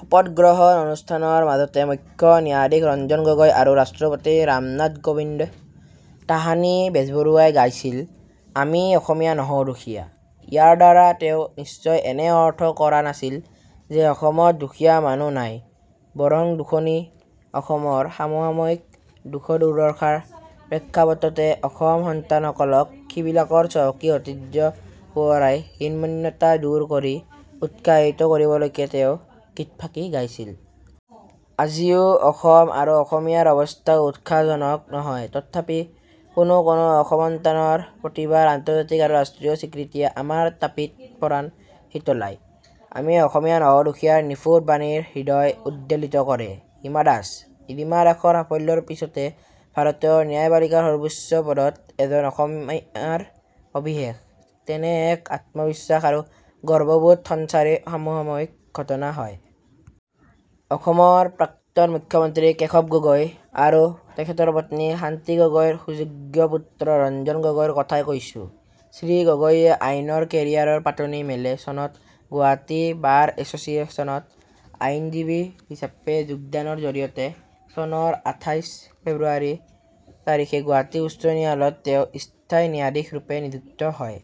শপত গ্ৰহণ অনুষ্ঠানৰ মাজতে মুখ্য ন্যায়াধীশ ৰঞ্জন গগৈ আৰু ৰাষ্ট্ৰপতি ৰামনাথ কোবিন্দ। তাহানি বেজবৰুৱাই গাইছিল "আমি অসমীয়া নহওঁ দুখীয়া" ইয়াৰ দ্বাৰা তেওঁ নিশ্চয় এনে অৰ্থ কৰা নাছিল যে অসমত দুখীয়া মানুহ নাই, বৰং দুখুনী অসমীৰ সমসাময়িক দুখদুৰ্দশাৰ প্ৰেক্ষাপটতে অসম সন্তানসকলক সিবিলাকৰ চহকী ঐতিহ্য সোঁৱৰাই হীনমন্যতা দূৰ কৰি উৎসাহিত কৰিবলৈকে তেওঁ গীতফাকি গাইছিল।‌ আজিও অসম আৰু অসমীয়াৰ অৱস্থা উৎসাহজনক নহয় তথাপি কোনো কোনো অসমসন্তানৰ প্ৰতিভাৰ আন্তৰ্জাতিক আৰু ৰাষ্ট্ৰীয় স্বীকৃতিয়ে আমাৰ তাপিত পৰাণ শীতলাই। আমি অসমীয়া নহওঁ দুখীয়াৰ নিফুট বাণীৰে হৃদয় উদ্বেলিত কৰে। হিমা দাস, ৰীমা দাসৰ সাফল্যৰ পিছতে ভাৰতৰ ন্যায়পালিকাৰ সৰ্বোচ্চ পদত এজন অসমীয়াৰ অভিষেক, তেনে এক আত্মবিশ্বাস আৰু গৰ্ববোধ সঞ্চাৰী সমসাময়িক ঘটনা হয় ।‌ অসমৰ প্ৰাক্তন মুখ্য মন্ত্ৰী কেশৱ গগৈ আৰু তেখেতৰ পত্নী শান্তি গগৈৰ সুযোগ্য পুত্ৰ ৰঞ্জন গগৈৰ কথাই কৈছোঁ। শ্ৰী গগৈয়ে আইনৰ কেৰিয়াৰৰ পাতনি মেলে চনত গুৱাহাটী বাৰ এছচিয়েশ্যনত আইনজীৱী হিচাপে যোগদানৰ জৰিয়তে চনৰ আঠাইশ ফেব্ৰুৱাৰি তাৰিখে গুৱাহাটী উচ্চ ন্যায়ালত তেওঁ স্থায়ী ন্যায়াধীশৰূপে নিযুক্ত হয়।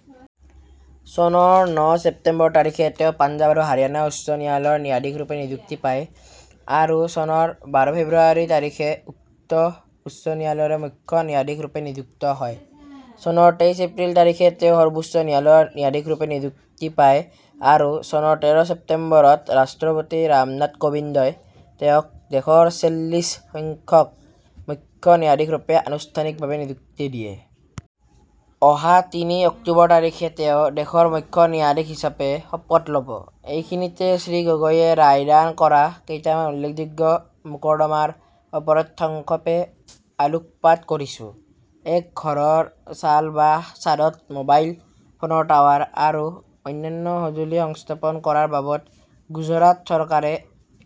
চনৰ ন ছেপ্তেম্বৰ তাৰিখে তেওঁ পাঞ্জাব আৰু হাৰিয়ানা উচ্চ ন্যায়ালয়ৰ ন্যায়াধীশৰূপে নিযুক্তি পায় আৰু চনৰ বাৰ ফেব্ৰুৱাৰি তাৰিখে উক্ত উচ্চ ন্যায়ালয়ৰে মুখ্য ন্যায়াধীশৰূপে নিযুক্ত হয়। চনৰ তেইছ এপ্ৰিল তাৰিখে তেওঁ সৰ্বোচ্চ ন্যায়ালয়ৰ ন্যায়াধীশৰূপে নিযুক্তি পায় আৰু চনৰ তেৰ ছেপ্তেম্বৰত ৰাষ্ট্ৰপতি ৰামনাথ কোবিন্দই তেওঁক দেশৰ ছেল্লিছ সংখ্যক মুখ্য ন্যায়াধীশৰূপে আনুষ্ঠানিকভাৱে নিযুক্তি দিয়ে। অহা তিনি অক্টোবৰ তাৰিখে তেওঁ দেশৰ মুখ্য ন্যায়াধীশ হিচাপে শপত ল'ব। এইখিনিতে শ্ৰী গগৈয়ে ৰায়দান কৰা কেইটামান উল্লেখযোগ্য মোকৰ্দমাৰ ওপৰত সংক্ষেপে আলোকপাত কৰিছো। এক - ঘৰৰ চাল বা ছাদত মবাইল ফোনৰ টাৱাৰ আৰু অন্যান্য সঁজুলি সংস্থাপন কৰাৰ বাবদ গুজৰাট চৰকাৰে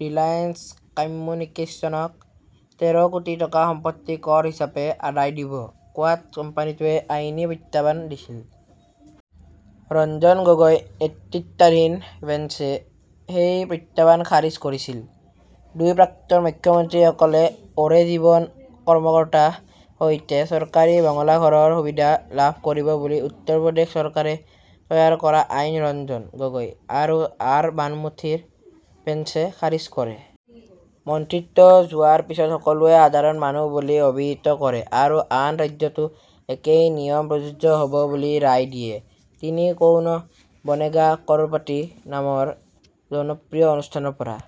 ৰিলায়েন্স কম্যুনিকেইশ্যনক তেৰ কোটি টকা সম্পত্তি কৰ হিচাপে আদায় দিব কোৱাত কোম্পানিটোৱে আইনী প্ৰত্যাহ্বান দিছিল । ৰঞ্জন গগৈ নেতৃত্বাধীন বেন্সে সেই প্ৰত্যাহ্বান খাৰিজ কৰিছিল। দুই- প্ৰাক্তন মুখ্য মন্ত্ৰীসকলে ওৰে জীৱন কৰ্মকৰ্তা সহিতে চৰকাৰী বঙলা ঘৰৰ সুবিধা লাভ কৰিব বুলি উত্তৰ প্ৰদেশ চৰকাৰে তৈয়াৰ কৰা আইন ৰঞ্জন গগৈ আৰু আৰ্ বানুমথীৰ বেন্সে খাৰিজ কৰে। মন্ত্ৰীত্ব যোৱাৰ পিছত সকলোৱেই সাধাৰণ মানুহ বুলি অভিহিত কৰে আৰু আন ৰাজ্যতো একেই নিয়ম প্ৰযোজ্য হব বুলি ৰায় দিয়ে।‌ তিনি- কৌন বনেগা কৰোড়পতি নামৰ জনপ্ৰিয় অনুষ্ঠানৰ পৰা